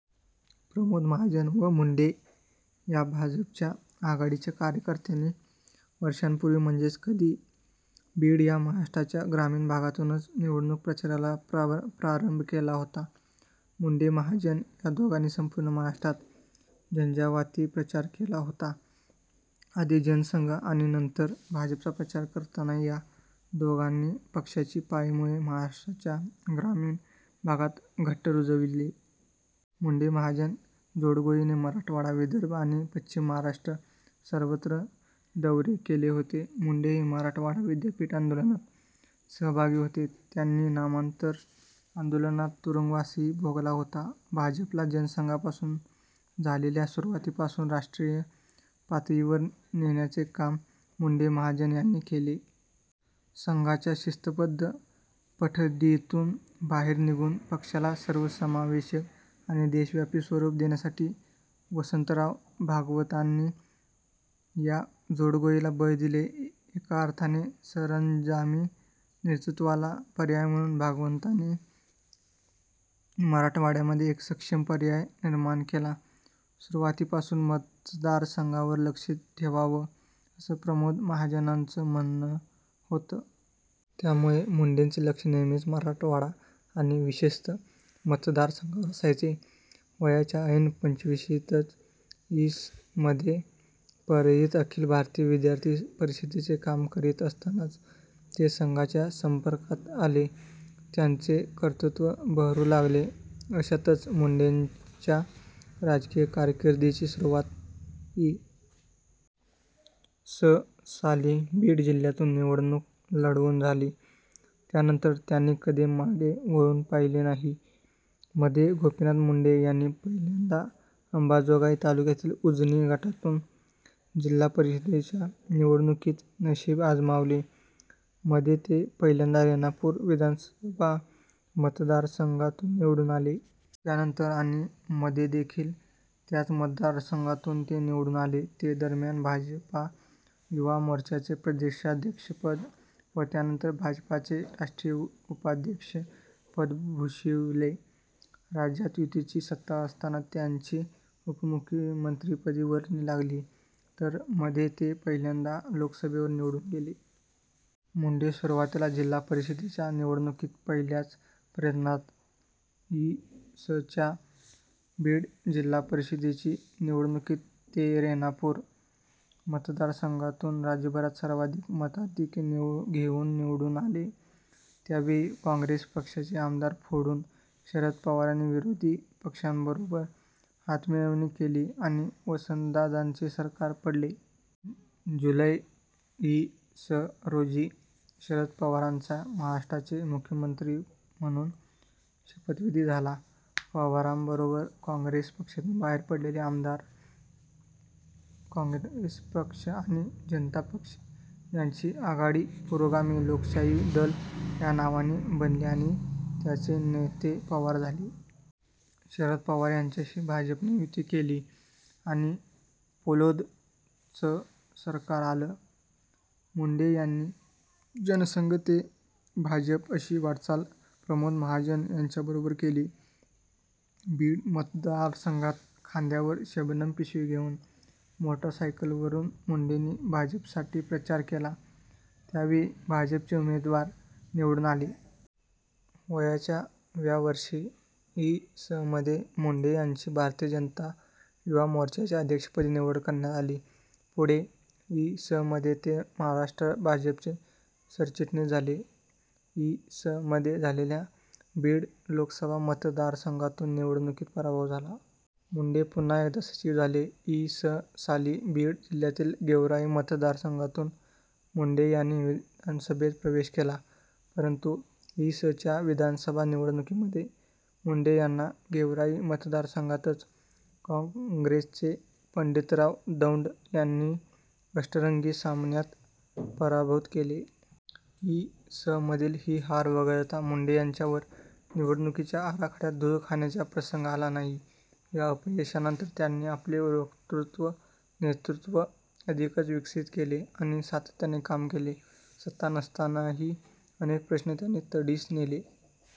प्रमोद महाजन व मुंडे या भाजपच्या आघाडीच्या कार्यकर्त्यांनी वर्षांपूर्वी म्हणजे कधी? बीड या महाराष्ट्राच्या ग्रामीण भागातूनच निवडणूक प्रचाराला प्रारंभ केला होता. मुंडे-महाजन या दोघांनी संपूर्ण महाराष्ट्रात झंझावाती प्रचार केला होता. आधी जनसंघ आणि नंतर भाजपचा प्रचार करताना या दोघांनी पक्षाची पाळेमुळे महाराष्ट्राच्या ग्रामीण भागात घट्ट रूजविली. मुंडे-महाजन जोडगोळीने मराठवाडा, विदर्भ आणि पश्चिम महाराष्ट्र सर्वत्र दौरे केले होते.। मुंडे हे मराठवाडा विद्यापीठ आंदोलनात सहभागी होते. त्यांनी नामांतर आंदोलनात तुरुंगवासही भोगला होता. भाजपला जनसंघापासून झालेल्या सुरुवातीपासून राष्ट्रीय पातळीवर नेण्याचे काम मुंडे-महाजन यांनी केले. संघाच्या शिस्तबद्ध पठडीतून बाहेर निघून पक्षाला सर्वसमावेशक आणि देशव्यापी स्वरूप देण्यासाठी वसन्तराव भागवतांनी या जोडगोळीला बळ दिले. एका अर्थाने सरंजामी नेतृत्वाला पर्याय म्हणून भागवतांनी मराठवाड्यामध्ये एक सक्षम पर्याय निर्माण केला. सुरुवातीपासून मतदारसंघावर लक्ष ठेवावं असं प्रमोद महाजनांचं म्हणणं होतं. त्यामुळे मुंडेचे लक्ष नेहमीच मराठवाडा आणि विशेषतः मतदारसंघावर असायचे. वयाच्या ऐन पंचविशीत इ. स. मध्ये परळीत अखिल भारतीय विद्यार्थी परिषदेचे काम करीत असतानाच ते संघाच्या सम्पर्कात आले. त्यांचे कर्तृत्त्व बहरू लागले. अशातच मुंडेच्या राजकीय कारकिर्दीची सुरुवात इ. स. साली बीड जिल्ह्यातून निवडणूक लढवून झाली. त्यानंतर त्यांनी कधी मागे वळून पाहिले नाही. मध्ये गोपीनाथ मुंडे यांनी पहिल्यांदा अम्बाजोगाई तालुक्यातील उजनी गटातून जिल्हा परिषदेच्या निवडणुकीत नशीब आजमावले. मध्ये ते पहिल्यांदा रेणापूर विधानसभा मतदारसंघातून निवडून आले. त्यानंतर आणि मध्येदेखील याच मतदारसंघातून ते निवडून आले. ते दरम्यान भाजपा युवा मोर्चाचे प्रदेशाध्यक्षपद, व त्यानंतर भाजपाचे राष्ट्रीय उपाध्यक्ष पद भूषविले. राज्यात युतीची सत्ता असताना त्यांची उपमुख्यमंत्रिपदी वर्णी लागली. तर मध्ये ते पहिल्यांदा लोकसभेवर निवडून गेले. मुंडे सुरुवातीला जिल्हा परिषदेच्या निवडणुकीत पहिल्याच प्रयत्नात इ. स. च्या बीड जिल्हापरिषदेची निवडणुकीत ते रेणापूर मतदारसंघातून राज्यभरात सर्वाधिक मताधिक्य घेऊन निवडून आले. त्यावेळी काँग्रेस पक्षाचे आमदार फोडून शरद पवारांनी विरोधी पक्षाबरोबर हातमिळवणी केली आणि वसन्तदादांचे सरकार पडले. जुलै इ. स. रोजी शरद पवारांचा महाराष्ट्राचे मुख्यमंत्री म्हणून शपथविधी झाला. पवारांबरोबर काँग्रेस पक्षातून बाहेर पडलेले आमदार, काँग्रेस पक्ष आणि जनता पक्ष यांची आघाडी पुरोगामी लोकशाही दल या नावाने बनली आणि त्याचे नेते पवार झाले. शरद पवार यांच्याशी भाजपने युती केली आणि 'पुलोद'चं सरकार आलं. मुंडे यांनी जनसंघ ते भाजप अशी वाटचाल प्रमोद महाजन यांच्याबरोबर केली. बीड मतदारसंघात खांद्यावर शबनम पिशवी घेउन मोटरसायकलवरून मुंडेंनी भाजपसाठी प्रचार केला. त्यावेळी भाजपचे उमेदवार निवडून आले. वयाच्या व्या वर्षी इ. स. मध्ये मुंडे यांची भारतीय जनता युवा मोर्च्याच्या अध्यक्षपदी निवड करण्यात आली. पुढे इ. स. मध्ये ते महाराष्ट्र भाजपचे सरचिटणीस झाले. इ. स. मध्ये झालेल्या बीड लोकसभा मतदारसंघातून निवडणुकीत पराभव झाला. मुंडे पुन्हा एकदा सचिव झाले. इ. स. साली बीड जिल्ह्यातील गेवराई मतदारसंघातून मुंडे यांनी विधानसभेत प्रवेश केला. परंतु इ. स. च्या विधानसभा निवडणुकीमध्ये मुंडे यांना गेवराई मतदारसंघातच काँग्रेसचे पण्डितराव दौण्ड यांनी अष्टरंगी सामन्यात पराभूत केले. इ. स. मधील ही हार वगळता मुंडे यांच्यावर निवडणुकीच्या आखाड्यात धूळ खाण्याचा प्रसंग आला नाही. या अपयशानंतर त्यानी आपले वक्तृत्व, नेतृत्व अधिकच विकसित केले आणि सातत्याने काम केले. सत्ता नसतानाही अनेक प्रश्न त्यांनी तडीस नेले.